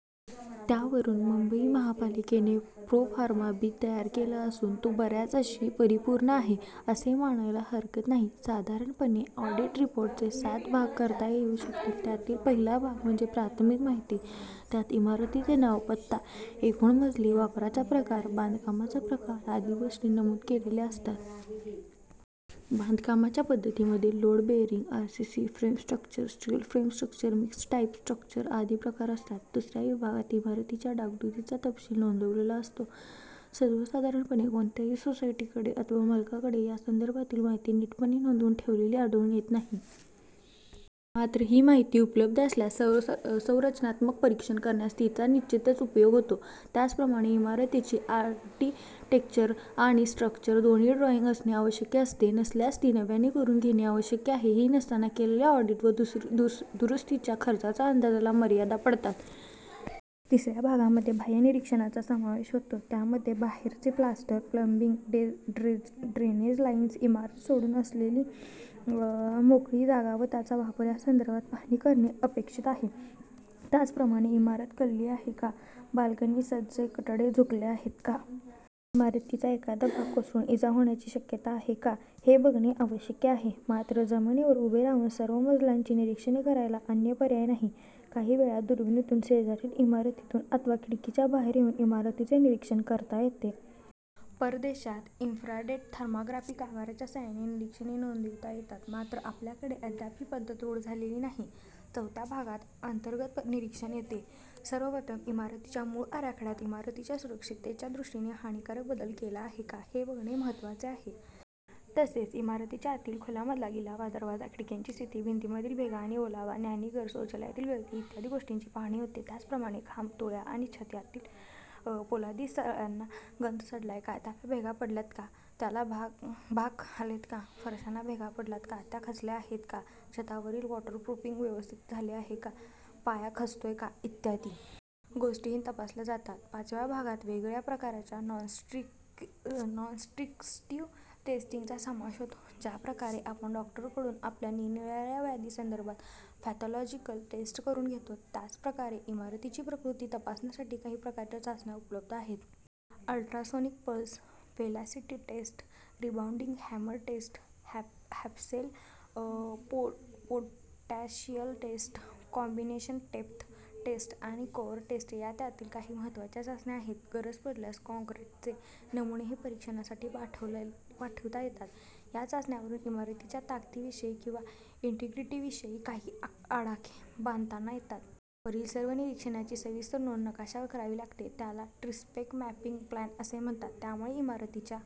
त्यावरून मुंबई महापालिकेने 'proforma B' तयार केला असून तो बऱ्याच अंशी परिपूर्ण आहे, असे मानायला हरकत नाही. साधारणपणे ऑडिट रिपोर्टचे 'सात' भाग करता येऊ शकतील. त्यातील पहिला भाग म्हणजे प्राथमिक माहिती- त्यात इमारतीचे नाव, पत्ता, एकूण मजले, वापराचा प्रकार, बांधकामाचा प्रकार आदी गोष्टी नमूद केलेल्या असतात. बांधकामाच्या पद्धतीमध्ये load bearing, RCC frame structure, steel frames structures, mix type structures आदी प्रकार असतात. दुसऱ्या विभागात इमारतीच्या डागडुजीचा तपशील नोंदविलेला असतो. सर्वसाधारणपणे कोणत्याही सोसायटीकडे अथवा मालकाकडे या संदर्भातील माहिती नीटपणे नोंदवून ठेवलेली आढळून येत नाही. मात्र ही माहिती उपलब्ध असल्यास सौ सौ संरचनात्मक परीक्षण करण्यास तिचा निश्चितच उपयोग होतो. त्याचप्रमाणे इमारतीची आर्किटेक्चरल आणि स्ट्रक्चरल दोन्ही ड्रॉइंग असणे आवश्यक असते. नसल्यास ती नव्याने करून घेणे आवश्यक आहे. ही नसताना केलेल्या ऑडिट व दू दूदुरुस्तीच्या खर्चाच्या अंदाजाला मर्यादा पडतात. तिसऱ्या भागामध्ये बाहय़ निरीक्षणाचा समावेश होतो. त्यामध्ये बाहेरचे प्लास्टर, प्लम्बिंग, ड्रे ड्रेनेज लाइन्स, इमारत सोडून असलेली मोकळी जागा व त्याचा वापर या संदर्भात पाहणी करणे अपेक्षित आहे. त्याचप्रमाणे इमारत कलली आहे का? बाल्कनी, सज्जे, कठडे झुकले आहेत का? इमारतीचा एखादा भाग कोसळून इजा होण्याची शक्यता आहे का? हे बघणे आवश्यक आहे. मात्र जमिनीवर उभे राहून सर्व मजल्यांची निरीक्षणे करण्याला अन्य पर्याय नाही. काही वेळा दुर्बिणीतून, शेजारील इमारतीतून अथवा खिडकीच्या बाहेर येऊन इमारतीचे निरीक्षण करता येते. परदेशात 'इन्फ्रारेड थर्माग्राफी' कॅमेराच्या साहाय्याने निरीक्षणे नोंदविता येतात. मात्र आपल्याकडे अद्याप ही पद्धत रूढ झालेली नाही. चवथ्या भागात अंतर्गत निरीक्षण येते. सर्वप्रथम इमारतीच्या मूळ आराखडय़ात इमारतीच्या सुरक्षिततेच्या दृष्टीने हानीकारक बदल केला आहे. का हे बघणे महत्त्वाचे आहे. तसेच इमारतीच्या आतील खोल्यांमधला गिलावा, दरवाजा-खिडक्यांची स्थिती, भिंतींमधील भेगा आणि ओलावा, न्हाणीघर-शौचालयातील गळती इ. गोष्टींची पाहणी होते. त्याचप्रमाणे खांब, तुळया आणि छत यांच्यातील पोलादी सळ्यांना गंज चढलाय का, त्याला भेगा पडल्यात का, त्याला भाक बाक आलेत का, फरश्यांना भेगा पडल्यात का, त्या खचल्या आहेत का, छतावरील वॉटरप्रूफिंग व्यवस्थित झाले आहे का, पाया खचतोय का इ. गोष्टीही तपासल्या जातात. पाचव्या भागात वेगवेगळ्या प्रकारच्या नॉन स्ट्रिक्टीव नॉन-डिस्ट्रक्टिव्ह टेस्टिंग चा समावेश होतो. ज्या प्रकारे आपण डॉक्टरांकडून आपल्या निरनिराळ्या व्याधींसंदर्भात पॅथॉलॉजिकल टेस्ट करून घेतो, त्याच प्रकारे इमारतींची प्रकृती तपासण्यासाठी काही प्रकारच्या चाचण्या उपलब्ध आहेत. Ultrasonic pulse velocity test, rebound hammer test, हॅप्प half cell potential test, combination depth test आणि कोअर टेस्ट या त्यातील काही महत्त्वाच्या चाचण्या आहेत. गरज पडल्यास काँक्रीटचे नमुनेही परीक्षणासाठी पाठविता येतात. या चाचण्यांवरून इमारतीच्या ताकदीविषयी किंवा इन्ट्रीग्रीटीविषयी काही आडाखे बांधताना येतात. वरील सर्व निरीक्षणांची सविस्तर नोंद नकाशावर करावी लागते. त्याला डिस्ट्रेस मॅपिंग प्लॅन असे म्हणतात. त्यामुळे इमारतीच्या--